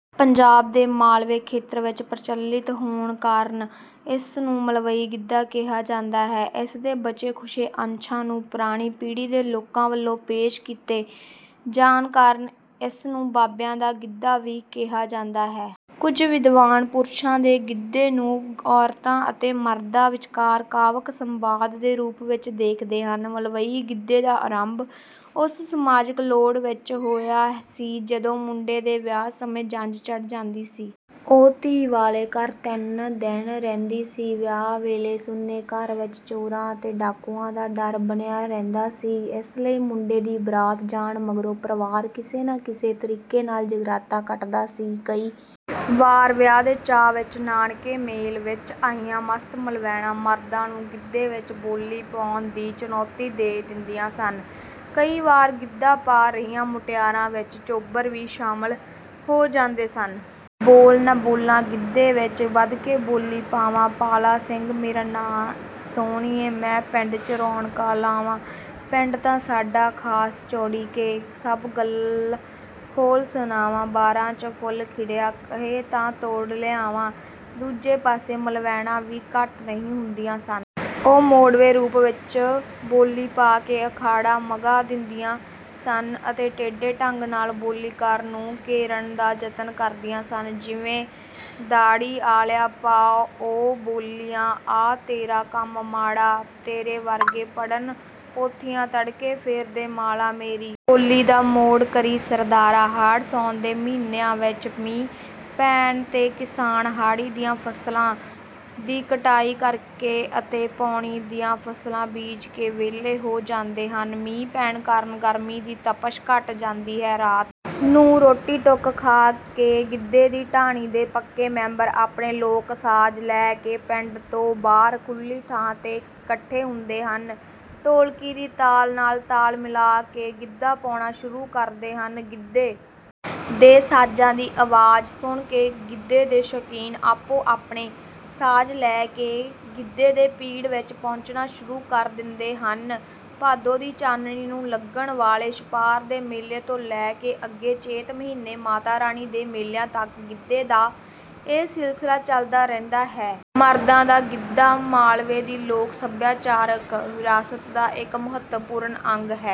ਪੰਜਾਬ ਦੇ ਮਾਲਵੇ ਖੇਤਰ ਵਿੱਚ ਪ੍ਰਚੱਲਿਤ ਹੋਣ ਕਾਰਨ ਇਸ ਨੂੰ ਮਲਵਈ ਗਿੱਧਾ ਕਿਹਾ ਜਾਂਦਾ ਹੈ। ਇਸ ਦੇ ਬਚੇ-ਖੁਚੇ ਅੰਸ਼ਾਂ ਨੂੰ ਪੁਰਾਣੀ ਪੀੜ੍ਹੀ ਦੇ ਲੋਕਾਂ ਵੱਲੋਂ ਪੇਸ਼ ਕੀਤੇ ਜਾਣ ਕਾਰਨ ਇਸ ਨੂੰ ਬਾਬਿਆਂ ਦਾ ਗਿੱਧਾ ਵੀ ਕਿਹਾ ਜਾਂਦਾ ਹੈ। ਕੁਝ ਵਿਦਵਾਨ ਪੁਰਸ਼ਾਂ ਦੇ ਗਿੱਧੇ ਨੂੰ ਔਰਤਾਂ ਅਤੇ ਮਰਦਾਂ ਵਿਚਕਾਰ ਕਾਵਿਕ ਸੰਵਾਦ ਦੇ ਰੂਪ ਵਿੱਚ ਦੇਖਦੇ ਹਨ। ਮਲਵਈ ਗਿੱਧੇ ਦਾ ਆਰੰਭ ਉਸ ਸਮਾਜਿਕ ਲੋੜ ਵਿੱਚ ਹੋਇਆ ਸੀ, ਜਦੋਂ ਮੁੰਡੇ ਦੇ ਵਿਆਹ ਸਮੇਂ ਜੰਝ ਚੜ੍ਹ ਜਾਂਦੀ ਸੀ। ਉਹ ਧੀ ਵਾਲੇ ਘਰ ਤਿੰਨ ਦਿਨ ਰਹਿੰਦੀ ਸੀ। ਵਿਆਹ ਵੇਲੇ ਸੁੰਨੇ ਘਰ ਵਿੱਚ ਚੋਰਾਂ ਅਤੇ ਡਾਕੂਆਂ ਦਾ ਡਰ ਬਣਿਆ ਰਹਿੰਦਾ ਸੀ। ਇਸ ਲਈ ਮੁੰਡੇ ਦੀ ਬਰਾਤ ਜਾਣ ਮਗਰੋਂ ਪਰਿਵਾਰ ਕਿਸੇ ਨਾ ਕਿਸੇ ਤਰੀਕੇ ਨਾਲ ਜਾਗਰਾਤਾ ਕੱਟਦਾ ਸੀ। ਕਈ ਵਾਰ ਵਿਆਹ ਦੇ ਚਾਅ ਵਿੱਚ ਨਾਨਕੇ ਮੇਲ ਵਿੱਚ ਆਈਆਂ ਮਸਤ-ਮਲਵੈਣਾਂ ਮਰਦਾਂ ਨੂੰ ਗਿੱਧੇ ਵਿੱਚ ਬੋਲੀ ਪਾਉਣ ਦੀ ਚੁਣੌਤੀ ਦੇ ਦਿੰਦੀਆਂ ਸਨ। ਕਈ ਵਾਰ ਗਿੱਧਾ ਪਾ ਰਹੀਆਂ ਮੁਟਿਆਰਾਂ ਵਿੱਚ ਚੋਬਰ ਵੀ ਸ਼ਾਮਲ ਹੋ ਜਾਂਦੇ ਸਨ। ਬੋਲ ਨਾ ਬੋਲਾ ਗਿੱਧੇ ਵਿੱਚ, ਵੱਧ ਕੇ ਬੋਲੀ ਪਾਵਾਂ। ਪਾਲਾ ਸਿੰਘ ਮੇਰਾ ਨਾਂ ਸੋਹਣੀਏ, ਮੈਂ ਪਿੰਡ ’ਚ ਰੌਣਕਾਂ ਲਾਵਾਂ। ਪਿੰਡ ਤਾਂ ਸਾਡਾ ਖਾਸ ਚੋਡੀਕੇ, ਸਭ ਗੱਲ ਖੋਲ੍ਹ ਸੁਣਾਵਾਂ। ਬਾਰਾਂ ’ਚ ਫੁੱਲ ਖਿੜਿਆ, ਕਹੇ ਤਾਂ ਤੋੜ ਲਿਆਵਾਂ। ਦੂਜੇ ਪਾਸੇ ਮਲਵੈਣਾਂ ਵੀ ਘੱਟ ਨਹੀਂ ਹੁੰਦੀਆਂ ਸਨ। ਉਹ ਮੋੜਵੇਂ ਰੂਪ ਵਿੱਚ ਬੋਲੀ ਪਾ ਕੇ ਅਖਾੜਾ ਮਘਾ ਦਿੰਦੀਆਂ ਸਨ ਅਤੇ ਟੇਢੇ ਢੰਗ ਨਾਲ ਬੋਲੀਕਾਰ ਨੂੰ ਘੇਰਨ ਦਾ ਯਤਨ ਕਰਦੀਆਂ ਸਨ। ਜਿਵੇਂ ਦਾੜ੍ਹੀ ਆਲਿਆ, ਪਾ ਉਂ ਬੋਲੀਆਂ, ਆਹ ਤੇਰਾ ਕੰਮ ਮਾੜਾ। ਤੇਰੇ ਵਰਗੇ ਪੜ੍ਹਨ ਪੋਥੀਆਂ, ਤੜਕੇ ਫੇਰਦੇ ਮਾਲਾ। ਮੇਰੀ ਬੋਲੀ ਦਾ ਮੋੜ ਕਰੀਂ, ਸਰਦਾਰਾ। ਹਾੜ੍ਹ-ਸਾਉਣ ਦੇ ਮਹੀਨਿਆਂ ਵਿੱਚ ਮੀਂਹ ਪੈਣ ’ਤੇ ਕਿਸਾਨ ਹਾੜੀ ਦੀਆਂ ਫ਼ਸਲਾਂ ਦੀ ਕਟਾਈ ਕਰਕੇ ਅਤੇ ਪਾਉਣੀ ਦੀਆਂ ਫ਼ਸਲਾਂ ਬੀਜ ਕੇ ਵਿਹਲੇ ਹੋ ਜਾਂਦੇ ਹਨ। ਮੀਂਹ ਪੈਣ ਕਾਰਨ ਗਰਮੀ ਦੀ ਤਪਸ਼ ਘੱਟ ਜਾਂਦੀ ਹੈ। ਰਾਤ ਨੂੰ ਰੋਟੀ-ਟੁੱਕ ਖਾ ਕੇ ਗਿੱਧੇ ਦੀ ਢਾਣੀ ਦੇ ਪੱਕੇ ਮੈਂਬਰ ਆਪਣੇ ਲੋਕ-ਸਾਜ਼ ਲੈ ਕੇ ਪਿੰਡ ਤੋਂ ਬਾਹਰ ਖੁੱਲ੍ਹੀ ਥਾਂ ’ਤੇ ਇਕੱਠੇ ਹੁੰਦੇ ਹਨ। ਢੋਲਕੀ ਦੀ ਤਾਲ ਨਾਲ ਤਾਲ ਮਿਲਾ ਕੇ ਗਿੱਧਾ ਪਾਉਣਾ ਸ਼ੁਰੂ ਕਰਦੇ ਹਨ। ਗਿੱਧੇ ਦੇ ਸਾਜ਼ਾਂ ਦੀ ਆਵਾਜ਼ ਸੁਣ ਕੇ ਗਿੱਧੇ ਦੇ ਸ਼ੌਕੀਨ ਆਪੋ-ਆਪਣੇ ਸਾਜ਼ ਲੈ ਕੇ ਗਿੱਧੇ ਦੇ ਪਿੜ ਵਿੱਚ ਪਹੁੰਚਣਾ ਸ਼ੁਰੂ ਕਰ ਦਿੰਦੇ ਹਨ। ਭਾਦੋਂ ਦੀ ਚਾਨਣੀ ਨੂੰ ਲੱਗਣ ਵਾਲੇ ਛਪਾਰ ਦੇ ਮੇਲੇ ਤੋਂ ਲੈ ਕੇ ਅੱਗੇ ਚੇਤ ਮਹੀਨੇ ਮਾਤਾ ਰਾਣੀ ਦੇ ਮੇਲਿਆਂ ਤੱਕ ਗਿੱਧੇ ਦਾ ਇਹ ਸਿਲਸਿਲਾ ਚੱਲਦਾ ਰਹਿੰਦਾ ਹੈ। ਮਰਦਾਂ ਦਾ ਗਿੱਧਾ ਮਾਲਵੇ ਦੀ ਲੋਕ-ਸੱਭਿਆਚਾਰਕ ਵਿਰਾਸਤ ਦਾ ਇੱਕ ਮਹੱਤਵਪੂਰਨ ਅੰਗ ਹੈ।